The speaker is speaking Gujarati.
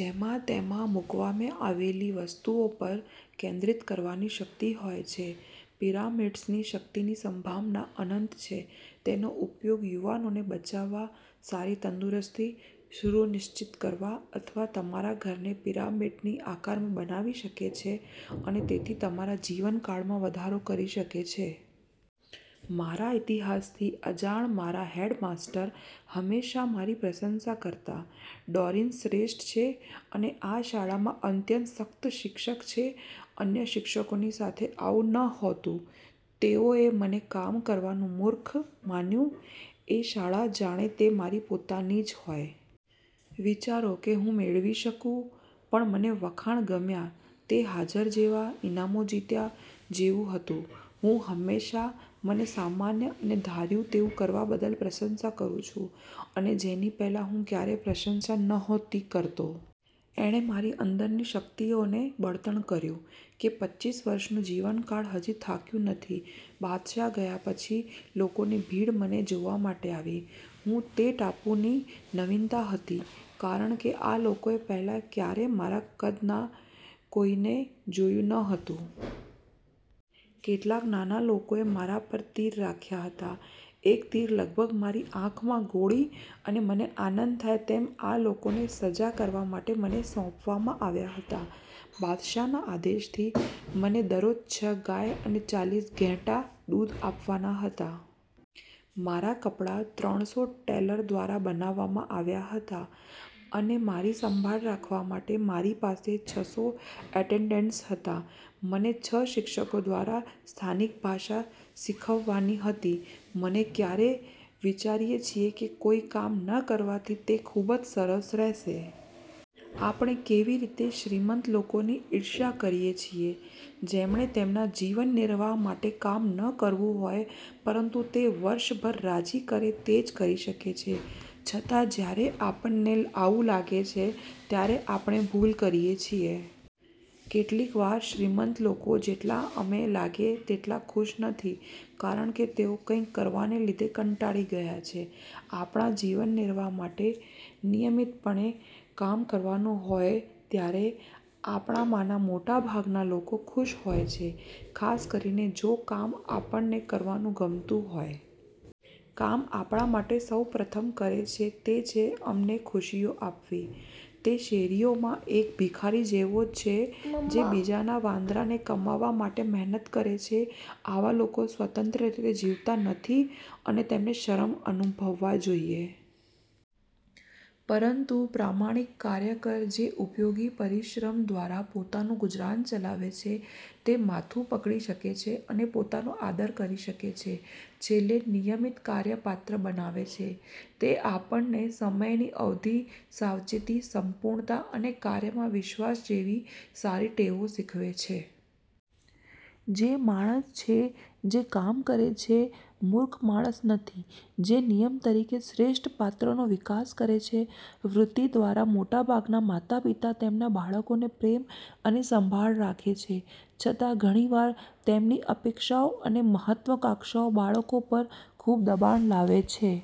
જેમાં તેમાં મૂકવામાં આવેલી વસ્તુઓ પર કેન્દ્રિત કરવાની શક્તિ હોય છે. પિરામિડ્સની શક્તિની સંભાવના અનંત છે. તેનો ઉપયોગ યુવાનોને બચાવવા, સારી તંદુરસ્તી સુનિશ્ચિત કરવા અથવા તમારા ઘરને પિરામિડની આકારમાં બનાવી શકે છે અને તેથી તમારા જીવનકાળમાં વધારો કરી શકે છે. મારા ઇતિહાસથી અજાણ મારા હેડમાસ્ટર, હંમેશાં મારી પ્રશંસા કરતા કહેતા, ડોરિન શ્રેષ્ઠ છે અને આ શાળામાં અત્યંત સખત શિક્ષક છે. અન્ય શિક્ષકોની સાથે આવું નહોતું. તેઓએ મને કામ કરવાનું મૂર્ખ માન્યું. એક શાળા જાણે તે મારી પોતાની જ હોય! વિચારો કે હું મેળવી શકું? પણ મને વખાણ ગમ્યા. તે હાજર જેવા, ઇનામો જીત્યા જેવું હતું. હું હંમેશાં મને સામાન્ય અને ધાર્યું હોય તેવું કરવા બદલ પ્રશંસા કરું છું, અને જેની પહેલાં હું ક્યારેય પ્રશંસા નહોતી કરતો. એણે મારી અંદરની શક્તિઓને બળતણ કર્યું કે પચીસ વર્ષનું જીવનકાળ હજી થાક્યું નથી. બાદશાહ ગયા પછી, લોકોની ભીડ મને જોવા માટે આવી. હું તે ટાપુની નવીનતા હતી કારણ કે આ લોકોએ પહેલાં ક્યારેય મારા કદના કોઈને જોયું ન હતું. કેટલાક નાના લોકોએ મારા પર તીર રાખ્યા હતા. એક તીર લગભગ મારી આંખ માં ગોળી. મને આનંદ થાય તેમ આ લોકોને સજા કરવા માટે મને સોંપવામાં આવ્યા હતા. બાદશાહના આદેશથી, મને દરરોજ છ ગાય અને ચાલીસ ઘેટાં દૂધ આપવાના હતા. મારા કપડાં ત્રણસો ટેલર દ્વારા બનાવવામાં આવ્યાં હતાં અને મારી સંભાળ રાખવા માટે મારી પાસે છસો એટેન્ડન્ટ્સ હતાં. મને છ શિક્ષકો દ્વારા સ્થાનિક ભાષા શીખવવાની હતી. અમે ક્યારેક વિચારીએ છીએ કે કોઈ કામ ન કરવાથી તે ખૂબ જ સરસ રહેશે. આપણે કેવી રીતે શ્રીમંત લોકોની ઇર્ષ્યા કરીએ છીએ કે જેમણે તેમના જીવનનિર્વાહ માટે કામ ન કરવું હોય પરંતુ તે વર્ષભર રાજી કરે તે જ કરી શકે છે. છતાં જ્યારે આપણને આવું લાગે છે ત્યારે આપણે ભૂલ કરીએ છીએ. કેટલીક વાર શ્રીમંત લોકો જેટલા અમને લાગે છે તેટલા ખુશ નથી, કારણ કે તેઓ કંઇ કરવાને લીધે કંટાળી ગયા છે. આપણા જીવનનિર્વાહ માટે નિયમિતપણે કામ કરવાનું હોય ત્યારે, આપણામાંના મોટાભાગના લોકો ખુશ હોય છે, ખાસ કરીને જો કામ આપણને કરવાનું ગમતું હોય. કામ આપણા માટે સૌ પ્રથમ કરે છે તે છે અમને ખુશીઓ આપવી. તે શેરીઓમાં એક ભિખારી જેવો છે જે બીજાના વાંદરાને કમાવવા માટે મહેનત કરે છે. આવા લોકો સ્વતંત્ર રીતે જીવતા નથી અને તેમને શરમ અનુભવવા જોઈએ. પરંતુ પ્રામાણિક કાર્યકર જે ઉપયોગી પરિશ્રમ દ્વારા પોતાનું ગુજરાન ચલાવે છે તે માથું પકડી શકે છે અને પોતાનો આદર કરી શકે છે. છેલ્લે નિયમિત કાર્ય પાત્ર બનાવે છે. તે આપણને સમયની અવધિ, સાવચેતી, સંપૂર્ણતા અને કાર્યમાં વિશ્વાસ જેવી સારી ટેવો શીખવે છે. તે માણસ છે જે કામ કરે છે, મૂર્ખ માણસ નથી, જે નિયમ તરીકે શ્રેષ્ઠ પાત્રનો વિકાસ કરે છે. વૃત્તિ દ્વારા, મોટાભાગના માતાપિતા તેમના બાળકોને પ્રેમ અને સંભાળ રાખે છે. છતાં, ઘણી વાર, તેમની અપેક્ષાઓ અને મહત્વાકાંક્ષાઓ બાળકો પર ખૂબ દબાણ લાવે છે.